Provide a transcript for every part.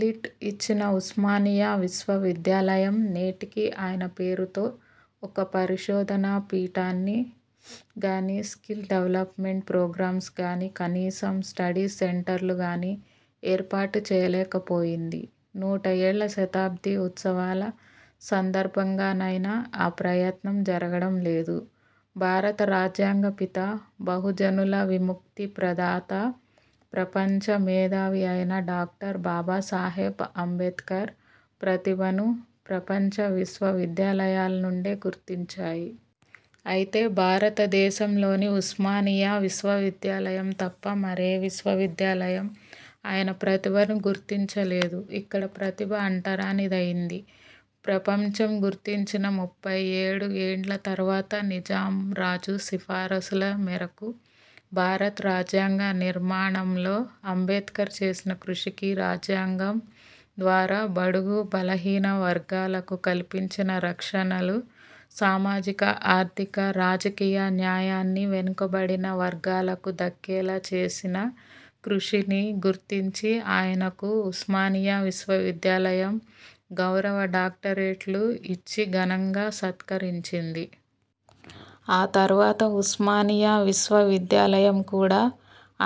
Lit ఇచ్చిన ఉస్మానియా విశ్వ విద్యాలయం నేటికీ ఆయన పేరుతో ఒక్క పరిశోధన పీఠాన్ని గానీ, స్కిల్ డెవలప్మెంట్ ప్రోగ్రామ్స్ గానీ కనీసం స్టడీ సెంటర్స్ను గానీ ఏర్పాటు చేయలేక పోయింది. నూట ఏళ్ళ శతాబ్ధి ఉత్సవాల సందర్భంగానైనా ఆ ప్రయత్నం జరగడం లేదు. భారత రాజ్యాంగ పిత, బహుజనుల విముక్తి ప్రదాత ప్రపంచ మేధావి అయిన డాక్టర్ బాబాసాహెబ్ అంబేద్కర్ ప్రతిభను ప్రపంచ విశ్వ విద్యాలయాలు నుండే గుర్తించాయి. అయితే భారత దేశంలోని ఉస్మానియా విశ్వవిద్యాలయం తప్ప మరే విశ్వ విద్యాలయం ఆయన ప్రతిభను గుర్తించలేదు. ఇక్కడ ప్రతిభ అంటరాని దైంది. ప్రపంచం గుర్తించిన ముప్పై ఏడు ఏళ్ళ తర్వాత నిజాం రాజు సిఫారసుల మేరకు భారత రాజ్యాంగ నిర్మాణంలో అంబేద్కర్ చేసిన కృషికి, రాజ్యాంగం ద్వారా బడుగు బలహీన వర్గాలకు కల్పించిన రక్షణలు సామాజిక, ఆర్థిక, రాజకీయ న్యాయాన్ని వెనుకబడిన వర్గాలకు దక్కేలా చేసిన కృషిని గుర్తించి ఆయనకు ఉస్మానియా విశ్వ విద్యాలయం గౌరవ డాక్టరేట్ను ఇచ్చి ఘనంగా సత్కరించింది. ఆ తర్వాత ఉస్మానియా విశ్వ విద్యాలయం కూడా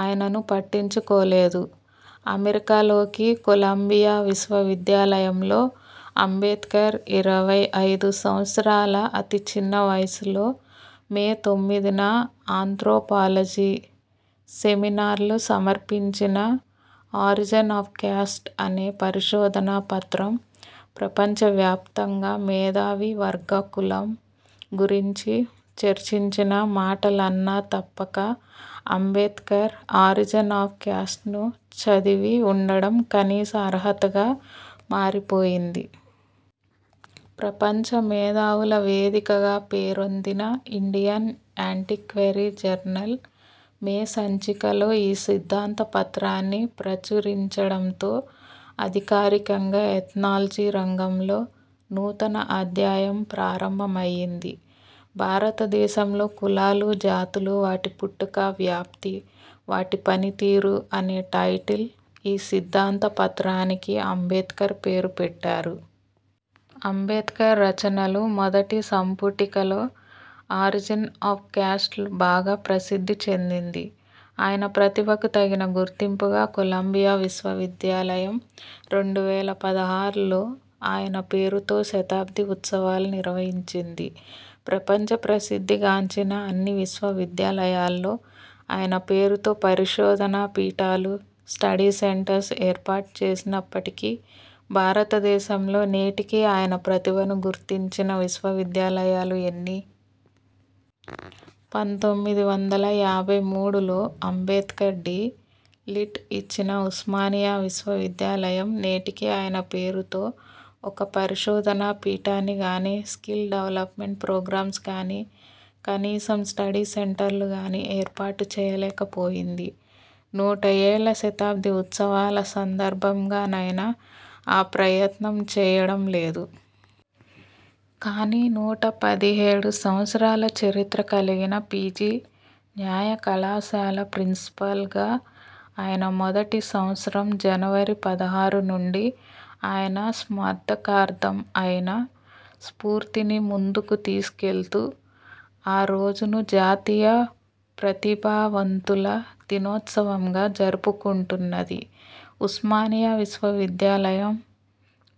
ఆయనను పట్టించుకోలేదు. అమెరికాలోకి కొలంబియా విశ్వ విద్యాలయంలో అంబేడ్కర్ ఇరవై ఐదు సంవత్సరాల అతి చిన్న వయసులో మే తొమ్మిదిన ఆంత్రోపాలజీ సెమినార్లో సమర్పించిన 'ఆరిజన్ ఆఫ్ క్యాస్ట్' అనే పరిశోధన పత్రం ప్రపంచ వ్యాప్తంగా మేధావి వర్గం కులం గురించి చర్చించినా మాట్లాడాలన్నా తప్పక అంబేడ్కర్ ఆరిజిన్ ఆఫ్ కాస్ట్ను చదివి ఉండడం కనీస అర్హతగా మారిపోయింది. ప్రపంచ మేధావుల వేదికగా పేరొందిన 'ఇండియన్ యాంటిక్వరీ జర్నల్' మే సంచికలో ఈ సిద్ధాంత పత్రాన్ని ప్రచురించడంతో అధికారికంగా ''ఎథ్నాలజీ'' రంగంలో నూతన అధ్యాయం ప్రారంభం అయింది. భారతదేశంలో కులాలు, జాతులు, వాటి పుట్టుక, వ్యాప్తి, వాటి పనితీరు, అనే టైటిల్ ఈ సిద్ధాంత పత్రానికి అంబేడ్కర్ పేరు పెట్టారు. అంబేద్కర్ రచనలు మొదటి సంపుటికలో 'ఆరిజిన్ ఆఫ్ కాస్ట్' బాగా ప్రసిద్ధి చెందింది. ఆయన ప్రతిభకు తగిన గుర్తింపుగా కొలంబియా విశ్వ విద్యాలయం రెండు వేల పదహారులో ఆయన పేరుతో శతాబ్ధి ఉత్సవాలు నిర్వహించింది. ప్రపంచ ప్రసిద్ధి గాంచిన అన్ని విశ్వ విద్యాలయాల్లో ఆయన పేరుతో పరిశోధన పీఠాలు, స్టడీ సెంటర్స్ ఏర్పాటు చేసినప్పటికీ భారతదేశంలో నేటికి ఆయన ప్రతిభను గుర్తించిన విశ్వవిద్యాలయాలు ఎన్ని? పంతొమ్మిది వందల యాభై మూడులో అంబేడ్కర్కు డి. లిట్ ఇచ్చిన ఉస్మానియా విశ్వ విద్యాలయం నేటికి ఆయన పేరుతో ఒక్క పరిశోధన పీఠాన్ని గానీ, స్కిల్ డెవలప్మెంట్ ప్రోగ్రామ్స్ గానీ కనీసం స్టడీ సెం సెంటర్లు గానీ ఏర్పాటు చేయలేక పోయింది. నూట ఏళ్ళ శతాబ్ధి ఉత్సవాల సందర్భంగానైనా ఆ ప్రయత్నం చేయడం లేదు. కానీ నూట పదిహేడు సంవత్సరాల చరిత్ర కల్గిన పీజీ న్యాయ కళాశాల ప్రిన్సిపల్గా అయిన మొదటి సంవత్సరం జనవరి పదహారు నుండి ఆయన స్మార్తకార్థం, ఆయన స్ఫూర్తిని ముందుకు తీసుకెళ్తూ ఆ రోజును జాతీయ ప్రతిభావంతుల దినోత్సవంగా జరుపుకుంటున్నది. ఉస్మానియా విశ్వ విద్యాలయం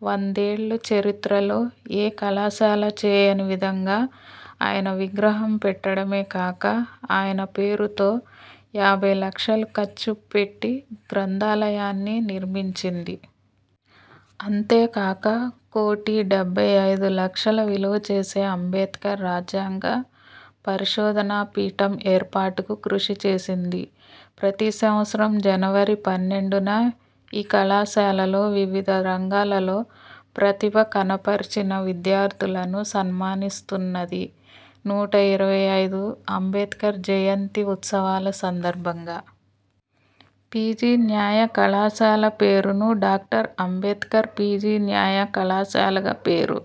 వందేళ్ళ చరిత్రలో ఏ కళాశాల చేయని విధంగా ఆయన విగ్రహం పెట్టడమే కాక, ఆయన పేరుతో యాభై లక్షలు ఖర్చు పెట్టి గ్రంథాలయాన్ని నిర్మించింది. అంతేకాక, కోటి డెబ్బై అయిదు లక్షల విలువ చేసే అంబేడ్కర్ రాజ్యాంగ పరిశోధన పీఠం ఏర్పాటుకు కృషి చేసింది. ప్రతి సంవత్సరం జనవరి పన్నెండున, ఈ కళాశాలలో వివిధ రంగాల్లో ప్రతిభ కనపర్చిన విద్యార్థులను సన్మానిస్తున్నది. నూట ఇరవై ఐదు అంబేడ్కర్ జయంతి ఉత్సవాల సందర్భంగా పీజీ న్యాయ కళాశాల పేరును డాక్టర్ అంబేడ్కర్ పీజీ న్యాయ కళాశాలగా పేరు